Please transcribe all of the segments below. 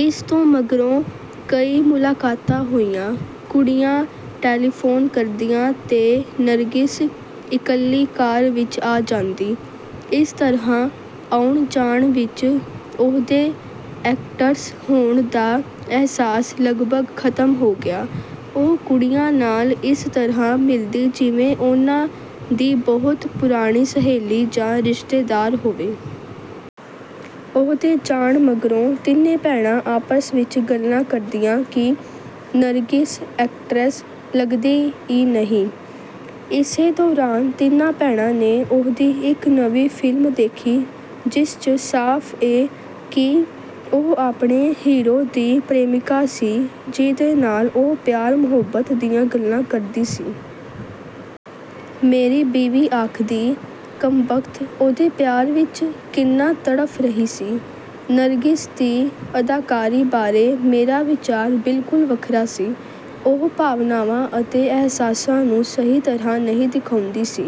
ਇਸ ਤੋਂ ਮਗਰੋਂ ਕਈ ਮੁਲਾਕਾਤਾਂ ਹੋਈਆਂ। ਕੁੜੀਆਂ ਟੈਲੀਫੋਨ ਕਰਦੀਆਂ ਤੇ ਨਰਗਿਸ ਇਕੱਲੀ ਕਾਰ ਵਿਚ ਆ ਜਾਂਦੀ। ਇਸ ਤਰ੍ਹਾਂ ਆਉਣ ਜਾਣ ਵਿਚ ਉਹਦੇ ਐਕਟਰਸ ਹੋਣ ਦਾ ਅਹਿਸਾਸ ਲਗਭਗ ਖ਼ਤਮ ਹੋ ਗਿਆ। ਉਹ ਕੁੜੀਆਂ ਨਾਲ ਇਸ ਤਰ੍ਹਾਂ ਮਿਲਦੀ ਜਿਵੇਂ ਉਨ੍ਹਾਂ ਦੀ ਬਹੁਤ ਪੁਰਾਣੀ ਸਹੇਲੀ ਜਾਂ ਰਿਸ਼ਤੇਦਾਰ ਹੋਵੇ। ਉਹਦੇ ਜਾਣ ਮਗਰੋਂ ਤਿੰਨੇ ਭੈਣਾਂ ਆਪਸ ਵਿਚ ਗੱਲਾਂ ਕਰਦੀਆਂ ਕਿ ਨਰਗਿਸ ਐਕਟਰੈਸ ਲੱਗਦੀ ਈ ਨਹੀਂ। ਇਸੇ ਦੌਰਾਨ ਤਿੰਨਾਂ ਭੈਣਾਂ ਨੇ ਉਹਦੀ ਇਕ ਨਵੀਂ ਫਿਲਮ ਵੇਖੀ ਜਿਸ ਚ ਸਾਫ ਏ ਕਿ ਉਹ ਆਪਣੇ ਹੀਰੋ ਦੀ ਪ੍ਰੇਮਿਕਾ ਸੀ ਜਿਹਦੇ ਨਾਲ ਉਹ ਪਿਆਰ ਮੁਹੱਬਤ ਦੀਆਂ ਗੱਲਾਂ ਕਰਦੀ ਸੀ। ਮੇਰੀ ਬੀਵੀ ਆਖਦੀ, "ਕਮਬਖ਼ਤ ਉਹਦੇ ਪਿਆਰ ਵਿਚ ਕਿੰਨਾ ਤੜਫ ਰਹੀ ਸੀ।" ਨਰਗਿਸ ਦੀ ਅਦਾਕਾਰੀ ਬਾਰੇ ਮੇਰਾ ਵਿਚਾਰ ਬਿਲਕੁਲ ਵੱਖਰਾ ਸੀ। ਉਹ ਭਾਵਨਾਵਾਂ ਅਤੇ ਅਹਿਸਾਸਾਂ ਨੂੰ ਸਹੀ ਤਰ੍ਹਾਂ ਨਹੀਂ ਦਿਖਾਉਂਦੀ ਸੀ।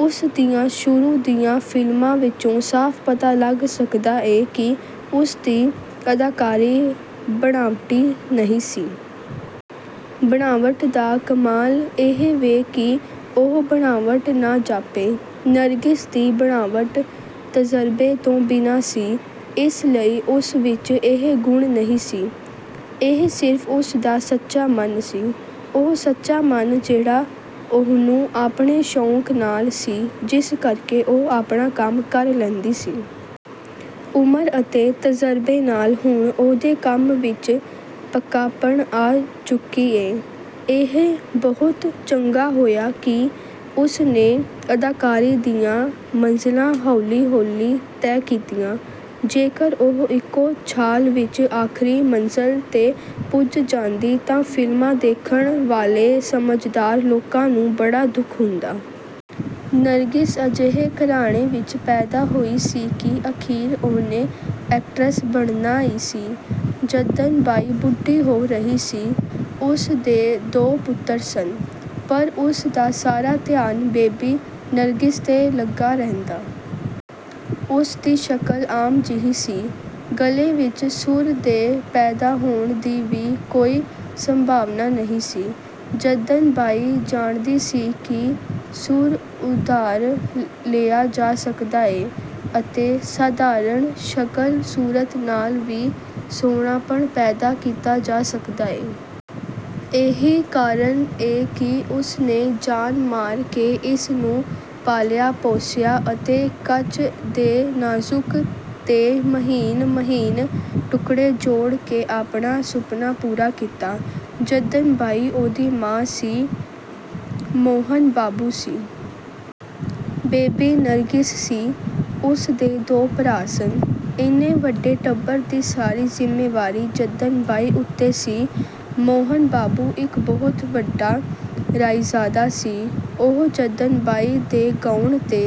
ਉਸ ਦੀਆਂ ਸ਼ੁਰੂ ਦੀਆਂ ਫਿਲਮਾਂ ਵਿਚੋਂ ਸਾਫ ਪਤਾ ਲੱਗ ਸਕਦਾ ਏ ਕਿ ਉਸ ਦੀ ਅਦਾਕਾਰੀ ਬਣਾਵਟੀ ਨਹੀਂ ਸੀ। ਬਣਾਵਟ ਦਾ ਕਮਾਲ ਇਹ ਵੇ ਕਿ ਉਹ ਬਣਾਵਟ ਨਾ ਜਾਪੇ। ਨਰਗਿਸ ਦੀ ਬਣਾਵਟ ਤਜ਼ਰਬੇ ਤੋਂ ਬਿਨਾਂ ਸੀ ਇਸ ਲਈ ਉਸ ਵਿਚ ਇਹ ਗੁਣ ਨਹੀਂ ਸੀ। ਇਹ ਸਿਰਫ ਉਸ ਦਾ ਸੱਚਾ ਮਨ ਸੀ। ਉਹ ਸੱਚਾ ਮਨ ਜਿਹੜਾ ਉਹਨੂੰ ਆਪਣੇ ਸ਼ੌਕ ਨਾਲ ਸੀ ਜਿਸ ਕਰਕੇ ਉਹ ਆਪਣਾ ਕੰਮ ਕਰ ਲੈਂਦੀ ਸੀ। ਉਮਰ ਅਤੇ ਤਜ਼ਰਬੇ ਨਾਲ ਹੁਣ ਉਹਦੇ ਕੰਮ ਵਿਚ ਪੱਕਾਪਣ ਆ ਚੁੱਕੀ ਏ। ਇਹ ਬਹੁਤ ਚੰਗਾ ਹੋਇਆ ਕਿ ਉਸ ਨੇ ਅਦਾਕਾਰੀ ਦੀਆਂ ਮੰਜ਼ਲਾਂ ਹੌਲੀ ਹੌਲੀ ਤੈਅ ਕੀਤੀਆਂ। ਜੇਕਰ ਉਹ ਇਕੋ ਛਾਲ ਵਿਚ ਆਖ਼ਰੀ ਮੰਜ਼ਲ ਤੇ ਪੁੱਜ ਜਾਂਦੀ ਤਾਂ ਫਿਲਮਾਂ ਵੇਖਣ ਵਾਲੇ ਸਮਝਦਾਰ ਲੋਕਾਂ ਨੂੰ ਬੜਾ ਦੁੱਖ ਹੁੰਦਾ। ਨਰਗਿਸ ਅਜਿਹੇ ਘਰਾਣੇ ਵਿਚ ਪੈਦਾ ਹੋਈ ਸੀ ਕਿ ਅਖੀਰ ਉਹਨੇ ਐਕਟਰਸ ਬਣਨਾ ਈ ਸੀ। ਜੱਦਨ ਬਾਈ ਬੁੱਢੀ ਹੋ ਰਹੀ ਸੀ। ਉਸ ਦੇ ਦੋ ਪੁੱਤਰ ਸਨ। ਪਰ ਉਸ ਦਾ ਸਾਰਾ ਧਿਆਨ ਬੇਬੀ ਨਰਗਿਸ ਤੇ ਲੱਗਾ ਰਹਿੰਦਾ। ਉਸ ਦੀ ਸ਼ਕਲ ਆਮ ਜਿਹੀ ਸੀ। ਗਲੇ ਵਿਚ ਸੁਰ ਦੇ ਪੈਦਾ ਹੋਣ ਦੀ ਵੀ ਕੋਈ ਸੰਭਾਵਨਾ ਨਹੀਂ ਸੀ। ਜੱਦਨ ਬਾਈ ਜਾਣਦੀ ਸੀ ਕਿ ਸੁਰ ਉਧਾਰ ਲਿਆ ਜਾ ਸਕਦਾ ਏ ਅਤੇ ਸਾਧਾਰਣ ਸ਼ਕਲ ਸੂਰਤ ਨਾਲ ਵੀ ਸੋਹਣਾਪਣ ਪੈਦਾ ਕੀਤਾ ਜਾ ਸਕਦਾ ਏ। ਇਹੀ ਕਾਰਨ ਏ ਕਿ ਉਸ ਨੇ ਜਾਨ ਮਾਰ ਕੇ ਇਸ ਨੂੰ ਪਾਲਿਆ ਪੋਸਿਆ ਅਤੇ ਕੱਚ ਦੇ ਨਾਜ਼ੁਕ ਤੇ ਮਹੀਨ ਮਹੀਨ ਟੁਕੜੇ ਜੋੜ ਕੇ ਆਪਣਾ ਸੁਪਨਾ ਪੂਰਾ ਕੀਤਾ। ਜੱਦਨ ਬਾਈ ਉਹਦੀ ਮਾਂ ਸੀ। ਮੋਹਨ ਬਾਬੂ ਸੀ। ਬੇਬੀ ਨਰਗਿਸ ਸੀ। ਉਸ ਦੇ ਦੋ ਭਰਾ ਸਨ। ਇੰਨੇ ਵੱਡੇ ਟੱਬਰ ਦੀ ਸਾਰੀ ਜ਼ਿੰਮੇਵਾਰੀ ਜੱਦਨ ਬਾਈ ਉਤੇ ਸੀ। ਮੋਹਨ ਬਾਬੂ ਇਕ ਬਹੁਤ ਵੱਡਾ ਰਈਸਜ਼ਾਦਾ ਸੀ। ਉਹ ਜੱਦਨ ਬਾਈ ਦੇ ਗਾਉਣ ਤੇ